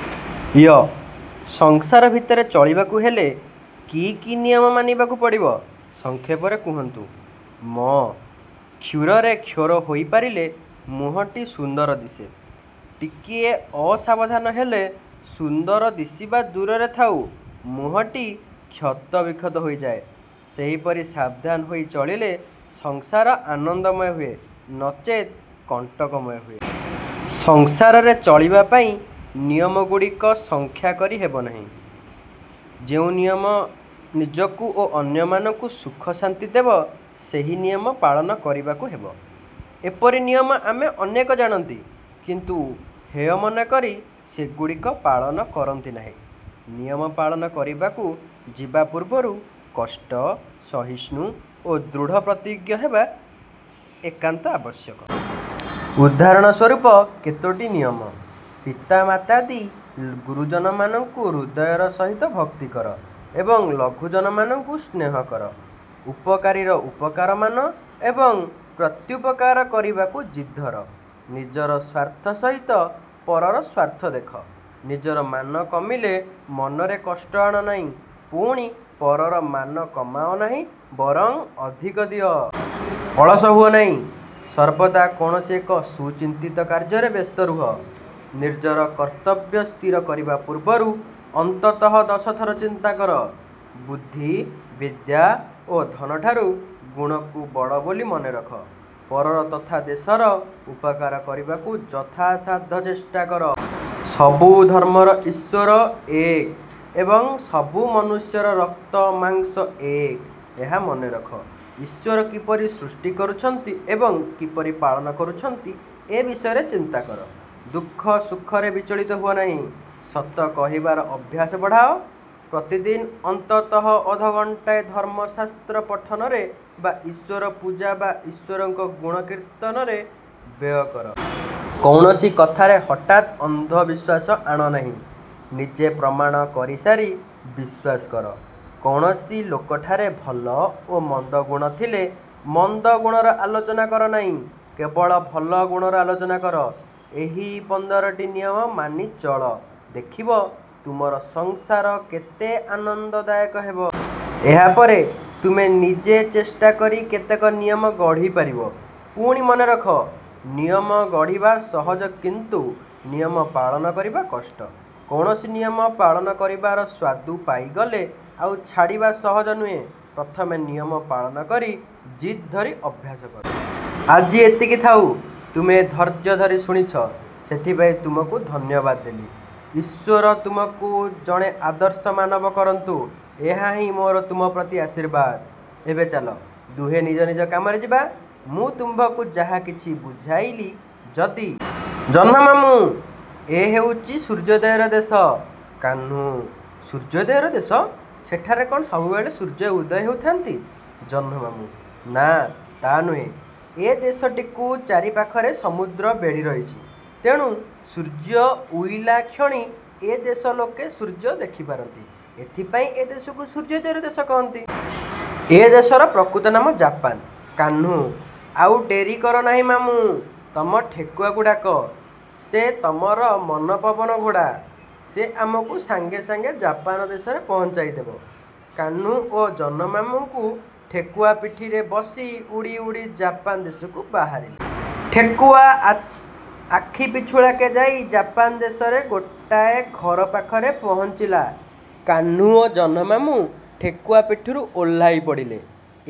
ୟ-ସଂସାର ଭିତରେ ଚଳିବାକୁ ହେଲେ କି କି ନିୟମ ମାନିବାକୁ ପଡ଼ିବ, ସଂକ୍ଷେପରେ କହନ୍ତୁ। ମ-କ୍ଷୁରରେ କ୍ଷୌର ହୋଇପାରିଲେ ମୁହଁଟି ସୁନ୍ଦର ଦିଶେ। ଟିକିଏ ଅସାବଧାନ ହେଲେ ସୁନ୍ଦର ଦିଶିବା ଦୂରେ ଥାଉ ମୁହଁଟି କ୍ଷତ ବିକ୍ଷତ ହୋଇଯାଏ। ସେହିପରି ସାବଧାନ ହୋଇ ଚଳିଲେ ସଂସାର ଆନନ୍ଦମୟ ହୁଏ, ନଚେତ୍ କଣ୍ଟକମୟ ହୁଏ। ସଂସାରରେ ଚଳିବା ପାଇଁ ନିୟମଗୁଡ଼ିକର ସଂଖ୍ୟା କରି ହେବ ନାହିଁ। ଯେଉଁ ନିୟମ ନିଜକୁ ଓ ଅନ୍ୟମାନଙ୍କୁ ସୁଖଶାନ୍ତି ଦେବ ସେହି ନିୟମ ପାଳନ କରିବାକୁ ହେବ। ଏପରି ନିୟମ ଆମେ ଅନେକ ଜାଣନ୍ତି କିନ୍ତୁ ହେୟ ମନେକରି ସେଗୁଡ଼ିକ ପାଳନ କରନ୍ତି ନାହିଁ। ନିୟମ ପାଳନ କରିବାକୁ ଯିବା ପୂର୍ବରୁ କଷ୍ଟ ସହିଷ୍ଣୁ ଓ ଦୃଢ଼ ପ୍ରତିଜ୍ଞ ହେବା ଏକାନ୍ତ ଆବଶ୍ୟକ। ଉଦାହରଣ ସ୍ୱରୂପ କେତୋଟି ନିୟମ- ପିତାମାତାଦି ଗୁରୁଜନମାନଙ୍କୁ ହୃଦୟର ସହିତ ଭକ୍ତି କର ଏବଂ ଲଘୁଜନମାନଙ୍କୁ ସ୍ନେହ କର। ଉପକାରୀର ଉପକାର ମାନ ଏବଂ ପ୍ରତ୍ୟୁପକାର କରିବାକୁ ଜିଦ୍ଧର। ନିଜର ସ୍ଵାର୍ଥ ସହିତ ପରର ସ୍ଵାର୍ଥ ଦେଖ। ନିଜର ମାନ କମିଲେ ମନରେ କଷ୍ଟ ଆଣ ନାହିଁ, ପୁଣି ପରର ମାନ କମାଅ ନାହିଁ ବରଂ ଅଧିକ ଦିଅ। ଅଳସ ହୁଅ ନାହିଁ, ସର୍ବଦା କୌଣସି ଏକ ସୁଚିନ୍ତିତ କାର୍ଯ୍ୟରେ ବ୍ୟସ୍ତ ରୁହ। ନିଜର କର୍ତ୍ତବ୍ୟ ସ୍ଥିର କରିବା ପୂର୍ବରୁ ଅନ୍ତତଃ ଦଶ ଥର ଚିନ୍ତା କର। ବିଦ୍ୟା, ବୁଦ୍ଧି ଓ ଧନଠାରୁ ଗୁଣକୁ ବଡ଼ ବୋଲି ମନେରଖ। ପରର ତଥା ଦେଶର ଉପକାର କରିବାକୁ ଯଥାସାଧ୍ୟ ଚେଷ୍ଟା କର। ସବୁ ଧର୍ମର ଈଶ୍ଵର ଏକ ଏବଂ ସବୁ ମନୁଷ୍ୟର ରକ୍ତ ମାଂସ ଏକ, ଏହା ମନେରଖ। ଈଶ୍ଵର କିପରି ସୃଷ୍ଟି କରୁଛନ୍ତି ଏବଂ କିପରି ପାଳୁଛନ୍ତି ଏ ବିଷୟ ଚିନ୍ତା କର। ସୁଖ ଦୁଃଖରେ ବିଚଳିତ ହୁଅ ନାହିଁ। ସତ କହିବାର ଅଭ୍ୟାସ ବଢ଼ାଅ ପ୍ରତିଦିନ ଅନ୍ତତଃ ଅଧଘଣ୍ଟାଏ ଧର୍ମଶାସ୍ତ୍ର ପଠନରେ ବା ଈଶ୍ଵର ପୂଜା ବା ଈଶ୍ଵରଙ୍କ ଗୁଣ କୀର୍ତ୍ତନରେ ବ୍ୟୟ କର। କୌଣସି କଥାରେ ହଠାତ୍ ଅନ୍ଧବିଶ୍ଵାସ ଆଣ ନାହିଁ-। ନିଜେ ପ୍ରମାଣ କରିସାରି ବିଶ୍ଵାସ କର। କୌଣସି ଲୋକଠାରେ ଭଲ ଓ ମନ୍ଦ ଗୁଣ ଥିଲେ, ମନ୍ଦ ଗୁଣର ଆଲୋଚନା କର ନାହିଁ, କେବଳ ଭଲ ଗୁଣର ଆଲୋଚନା କର। ଏହି ପନ୍ଦରଟି ନିୟମ ମାନି ଚଳ ଦେଖିବ, ତୁମ୍ଭର ସଂସାର କେତେ ଆନ୍ଦନଦାୟକ ହେବ। ଏହାପରେ ତୁମ୍ଭେ ନିଜେ ଚେଷ୍ଟା କରି କେତେକ ନିୟମ ଗଢ଼ିପାରିବ। ପୁଣି ମନେରଖ ନିୟମ ଗଢ଼ିବା ସହଜ କିନ୍ତୁ ନିୟମ ପାଳନ କରିବା କଷ୍ଟ। କୌଣସି ନିୟମ ପାଳନ କରିବାର ସ୍ଵାଦୁ ପାଇଗଲେ ଆଉ ଛାଡ଼ିବା ସହଜ ନୁହେଁ। ପ୍ରଥମେ ନିୟମ ପାଳନ ପାଇଁ ଜିଦ୍ ଧରି ଅଭ୍ୟାସ କର। ଆଜି ଏତିକି ଥାଉ। ତୁମ୍ଭେ ଧୈର୍ଯ୍ୟ ଧରି ଶୁଣିଛ ସେଥିପାଇଁ ତୁମ୍ଭଙ୍କୁ ଧନ୍ୟବାଦ ଦେଲି। ଈଶ୍ଵର ତୁମ୍ଭଙ୍କୁ ଜଣେ ଆଦର୍ଶ ମାନବ କରନ୍ତୁ। ଏହାହିଁ ମୋର ତୁମ୍ଭ ପ୍ରତି ଆଶୀର୍ବାଦ। ଏବେ ଚାଲ, ଦୁହେଁ ନିଜ ନିଜ କାମରେ ଯିବା। ମୁଁ ତୁମ୍ଭଙ୍କୁ ଯାହା କିଛି ବୁଝାଇଲି ଯଦି। ଜହ୍ନମାମୁଁ-ଏ ହେଉଛି "ସୂର୍ଯ୍ୟୋଦୟର ଦେଶ"। କାହ୍ନୁ-ସୂର୍ଯ୍ୟୋଦୟର ଦେଶ! ସେଠାରେ କ'ଣ ସବୁବେଳେ ସୂର୍ଯ୍ୟ ଉଦୟ ହେଉଥାନ୍ତି-? ଜହ୍ନମାମୁ-ନାଁ, ତା' ନୁହେଁ। ଏ ଦେଶଟିକୁ ଚାରିପାଖରେ ସମୁଦ୍ର ବେଢ଼ି ରହିଛି। ତେଣୁ ସୂର୍ଯ୍ୟ ଉଇଁଲାକ୍ଷଣି ଏ ଦେଶର ଲୋକେ ସୂର୍ଯ୍ୟ ଦେଖିପାରନ୍ତି। ଏଥିପାଇଁ ଏ ଦେଶକୁ "ସୂର୍ଯ୍ୟୋଦୟର ଦେଶ" କହନ୍ତି। ଏ ଦେଶର ପ୍ରକୃତ ନାମ ଜାପାନ। କାହ୍ନୁ-ଆଉ ଡେରିକର ନାହିଁ ମାମୁଁ! ତମ ଠେକୁଆକୁ ଡାକ। ସେ ତମର ମନପବନ ଘୋଡ଼ା। ସେ ଆମକୁ ସାଙ୍ଗେ ସାଙ୍ଗେ ଜାପାନ ଦେଶରେ ପହଞ୍ଚାଇ ଦେବ। କାହ୍ନୁ ଓ ଜହ୍ନମାମୁଁଙ୍କୁ ଠେକୁଆ ପିଠିରେ ବସି ଉଡ଼ି ଉଡ଼ି ଜାପାନ ଦେଶକୁ ବାହାରିଲେ। ଠେକୁଆ ଆଖି ପିଛୁଳାକେ ଯାଇ ଜାପାନ ଦେଶରେ ଗୋଟାଏ ଘର ପାଖରେ ପହଞ୍ଚିଲା-। କାହ୍ନୁ ଓ ଜହ୍ନମାମୁଁ ଠେକୁଆ ପିଠିରୁ ଓହ୍ଲାଇ ପଡ଼ିଲେ।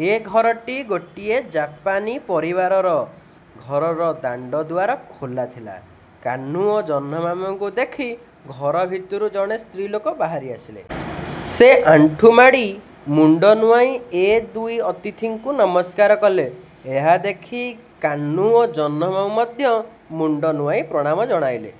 ଏ ଘରଟି ଗୋଟିଏ ଜାପାନୀ ପରିବାରର-। ଘରର ଦାଣ୍ଡଦୁଆର ଖୋଲା ଥିଲା। କାହ୍ନୁ ଓ ଜହ୍ନମାମୁଁଙ୍କୁ ଦେଖି ଘର ଭିତରୁ ଜଣେ ସ୍ତ୍ରୀଲୋକ ବାହାରି ଆସିଲେ। ସେ ଆଣ୍ଠୁମାଡ଼ି, ମୁଣ୍ଡ ନୁଆଇଁ ଏ ଦୁଇ ଅତିଥିଙ୍କୁ ନମସ୍କାର କଲେ। ଏହା ଦେଖି କାହ୍ନୁ ଓ ଜହ୍ନମାମୁଁ ମଧ୍ୟ ମୁଣ୍ଡ ନୁଆଇଁ ପ୍ରଣାମ ଜଣାଇଲେ।